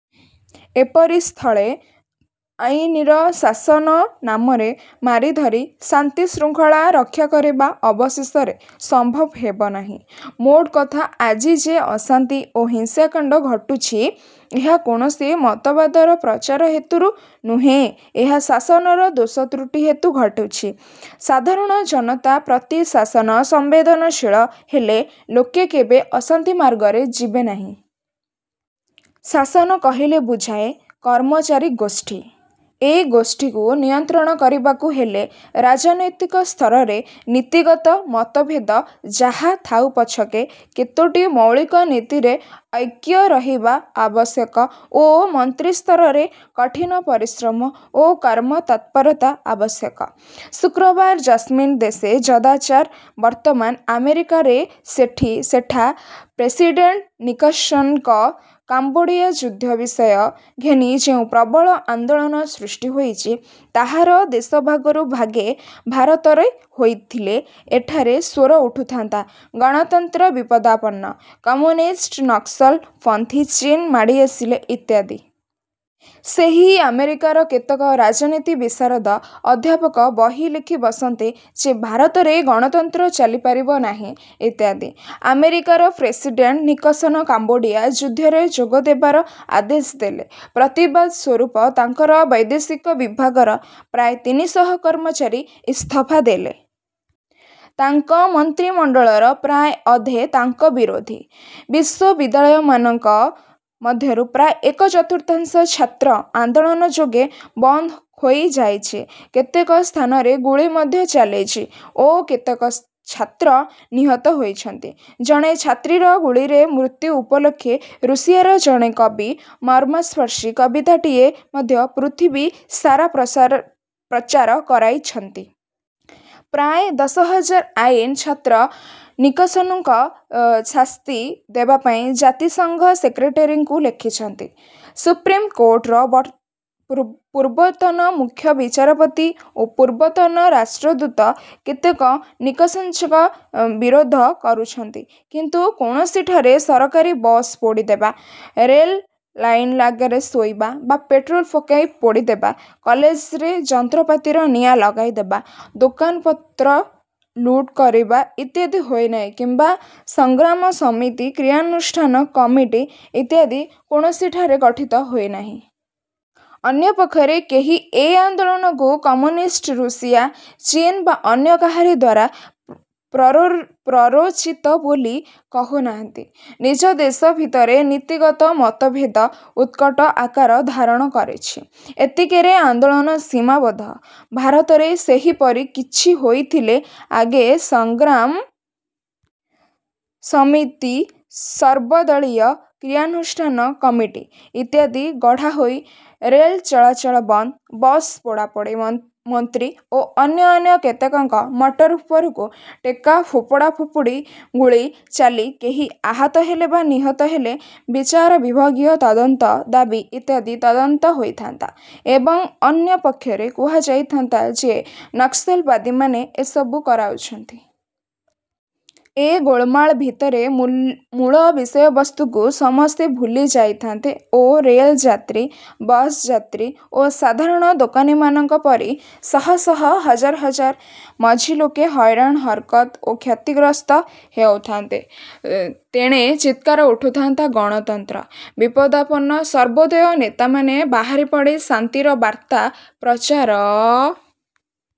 ଏପରି ସ୍ଥଳେ ଆଇନର ଶାସନ ନାମରେ ମାରିଧରି ଶାନ୍ତିଶୃଙ୍ଖଳା ରକ୍ଷାକରିବା ଅବଶେଷରେ ସମ୍ଭବ ହେବ ନାହିଁ। ମୋଟକଥା ଆଜି ଯେ ଅଶାନ୍ତି ଓ ହିସାଂକାଣ୍ଡ ଘଟୁଛି, ଏହା କୌଣସି ମତବାଦର ପ୍ରଚାର ହେତୁରୁ ନୁହେଁ। ଏହା ଶାସନର ଦୋଷ ତ୍ରୁଟି ହେତୁ ଘଟୁଛି। ସାଧାରଣ ଜନତା ପ୍ରତି ଶାସନ ସମ୍ବେଦନଶୀଳ ହେଲେ ଲୋକେ କେବେ ଅଶାନ୍ତି ମାର୍ଗରେ ଯିବେନାହିଁ। ଶାସନ କହିଲେ ବୁଝାଏ, କର୍ମଚାରୀ-ଗୋଷ୍ଠୀ। ଏ ଗୋଷ୍ଠୀକୁ ନିୟନ୍ତ୍ରଣ କରିବାକୁ ହେଲେ ରାଜନୈତିକ ସ୍ତରରେ ନୀତିଗତ ମତଭେଦ ଯାହା ଥାଉ ପଛକେ କେତୋଟି ମୌଳିକ ନୀତିରେ ଐକ୍ୟ ରହିବା ଆବଶ୍ୟକ ଓ ମନ୍ତ୍ରିସ୍ତରରେ କଠିନ ପରିଶ୍ରମ ଓ କର୍ମ ତତ୍ପରତା ଆବଶ୍ୟକ। ଶୁକ୍ରବାର ଯସ୍ମିନ୍ ଦେଶେ ଯଦାଚାର ବର୍ତ୍ତମାନ ଆମେରିକାରେ ସେଠା ପ୍ରେସିଡ଼େଣ୍ଟ ନିକସନ୍ଙ୍କ କାମ୍ବୋଡ଼ିଆ ଯୁଦ୍ଧ ବିଷୟ ଘେନି ଯେଉଁ ପ୍ରବଳ ଆନ୍ଦୋଳନ ସୃଷ୍ଟିହୋଇଛି, ତାହାର ଦଶଭାଗରୁ ଭାଗେ ଭାରତରେ ହୋଇଥିଲେ ଏଠାରେ ସ୍ୱର ଉଠୁଥାନ୍ତା ''ଗଣତନ୍ତ୍ର ବିପଦାପନ୍ନ- କମ୍ୟୁନିଷ୍ଟ, ନକ୍ସଲପନ୍ଥୀ-ଚୀନ ମାଡ଼ି ଆସିଲେ'' ଇତ୍ୟାଦି। ସେହି ଆମେରିକାର କେତେକ ରାଜନୀତି ବିଶାରଦ ଅଧ୍ୟାପକ ବହି ଲେଖି ବସନ୍ତେ ଯେ ଭାରତରେ ଗଣତନ୍ତ୍ର ଚାଲିପାରିବ ନାହିଁ ଇତ୍ୟାଦି। ଆମେରିକାର ପ୍ରେସିଡ଼େଣ୍ଟ ନିକସନ କାମ୍ବୋଡ଼ିଆ ଯୁଦ୍ଧରେ ଯୋଗ ଦେବାର ଆଦେଶ ଦେଲେ। ପ୍ରତିବାଦ ସ୍ୱରୂପ ତାଙ୍କର ବୈଦେଶିକ ବିଭାଗର ପ୍ରାୟ ତିନିଶହ କର୍ମଚାରୀ ଇସ୍ତଫା ଦେଲେ। ତାଙ୍କ ମନ୍ତ୍ରିମଣ୍ଡଳର ପ୍ରାୟ ଅଧେ ତାଙ୍କ ବିରୋଧୀ। ବିଶ୍ୱବିଦ୍ୟାଳୟମାନଙ୍କ ମଧ୍ୟରୁ ପ୍ରାୟ ଏକ ଚତୁର୍ଥାଂଶ ଛାତ୍ର ଆନ୍ଦୋଳନ ଯୋଗେ ବନ୍ଦ ହୋଇ ଯାଇଛି। କେତେକ ସ୍ଥାନରେ ଗୁଳି ମଧ୍ୟ ଚାଲିଛି ଓ କେତେକ ଛାତ୍ର ନିହତ ହୋଇଛନ୍ତି। ଜଣେ ଛାତ୍ରୀର ଗୁଳିରେ ମୃତ୍ୟୁ ଉପଲକ୍ଷେ ରୁଷିଆର ଜଣେ କବି ମର୍ମସ୍ପର୍ଶୀ କବିତାଟିଏ ମଧ୍ୟ ପୃଥିବୀ ସାରା ପ୍ରଚାର କରାଇଛନ୍ତି। ପ୍ରାୟ ଦଶ ହଜାର ଆଇନ ଛାତ୍ର ନିକସନ୍ଙ୍କୁ ଶାସ୍ତି ଦେବାପାଇଁ ଜାତିସଂଘ ସେକ୍ରେଟେରୀଙ୍କୁ ଲେଖିଛନ୍ତି। ସୁପ୍ରୀମ କୋର୍ଟର ପୂର୍ବତନ ମୁଖ୍ୟ ବିଚାରପତି ଓ ପୂର୍ବତନ ରାଷ୍ଟ୍ରଦୂତ କେତେକ ନିକସନ୍ଙ୍କ ବିରୋଧ କରୁଛନ୍ତି; କିନ୍ତୁ କୌଣସିଠାରେ ସରକାରୀ ବସ ପୋଡ଼ିଦେବା, ରେଲ ଲାଇନ ଆଗରେ ଶୋଇବା ବା ପେଟ୍ରୋଲ ପକାଇ ପୋଡ଼ିଦେବା, କଲେଜରେ ଯନ୍ତ୍ରପାତିରେ ନିଆଁ ଲଗାଇଦେବା, ଦୋକାନ ପତ୍ର ଲୁଟ କରିବା ଇତ୍ୟାଦି ହୋଇନାହିଁ କିମ୍ବା 'ସଂଗ୍ରାମ ସମିତି', କ୍ରିୟାନୁଷ୍ଠାନ କମିଟି' ଇତ୍ୟାଦି କୌଣସିଠାରେ ଗଠିତ ହୋଇନାହିଁ। ଅନ୍ୟ ପକ୍ଷରେ କେହି ଏ ଆନ୍ଦୋଳନକୁ କମ୍ୟୁନିଷ୍ଟ ରୁଷିଆ, ଚୀନ ବା ଅନ୍ୟ କାହାରିଦ୍ୱାରା ପ୍ରରୋଚିତ ବୋଲି କହୁ ନାହାନ୍ତି। ନିଜ ଦେଶ ଭିତରେ ନୀତିଗତ ମତଭେଦ ଉତ୍କଟ ଆକାର ଧାରଣ କରିଛି- ଏତିକିରେ ଆନ୍ଦୋଳନ ସୀମାବଦ୍ଧ। ଭାରତରେ ସେହିପରି କିଛି ହୋଇଥିଲେ ଆଗେ 'ସଂଗ୍ରାମ ସମିତି' 'ସର୍ବଦଳୀୟ କ୍ରିୟାନୁଷ୍ଠାନ କମିଟି' ଇତ୍ୟାଦି ଗଢ଼ାହୋଇ ରେଲ ଚଳାଚଳ ବନ୍ଦ, ବସ ପୋଡ଼ାପୋଡ଼ି, ମନ୍ତ୍ରୀ ଓ ଅନ୍ୟ ଅନ୍ୟ କେତେକଙ୍କ ମଟର ଉପରକୁ ଟେକା ଫୋପଡ଼ା ଫୋପାଡ଼ି, ଗୁଳି ଚାଲି କେହି ଆହତ ହେଲେ ବା ନିହତ ହେଲେ ବିଚାର ବିଭାଗୀୟ ତଦନ୍ତ ଦାବି ଇତ୍ୟାଦି ତଦନ୍ତ ହୋଇଥାନ୍ତା ଏବଂ ଅନ୍ୟ ପକ୍ଷରେ କୁହା ହୋଇଥାନ୍ତା ଯେ ନକ୍ସଲବାଦୀମାନେ ଏସବୁ କରାଉଛନ୍ତି। ଏ ଗୋଳମାଳ ଭିତରେ ମୂଳ ବିଷୟବସ୍ତୁକୁ ସମସ୍ତେ ଭୁଲି ଯାଇଥାନ୍ତେ ଓ ରେଲଯାତ୍ରୀ, ବସଯାତ୍ରୀ ଓ ସାଧାରଣ ଦୋକାନୀମାନଙ୍କ ପରି ଶହ ଶହ ହଜାର ହଜାର ମଝି ଲୋକେ ହଇରାଣ ହରକତ ଓ କ୍ଷତିଗ୍ରସ୍ତ ହେଉଥାନ୍ତେ। ତେଣେ ଚିତ୍କାର ଉଠୁଥାନ୍ତା 'ଗଣତନ୍ତ୍ର। ବିପଦାପନ୍ନ' ସର୍ବୋଦୟ ନେତାମାନେ ବାହାରିପଡ଼ି ଶାନ୍ତିର ବାର୍ତ୍ତା ପ୍ରଚାର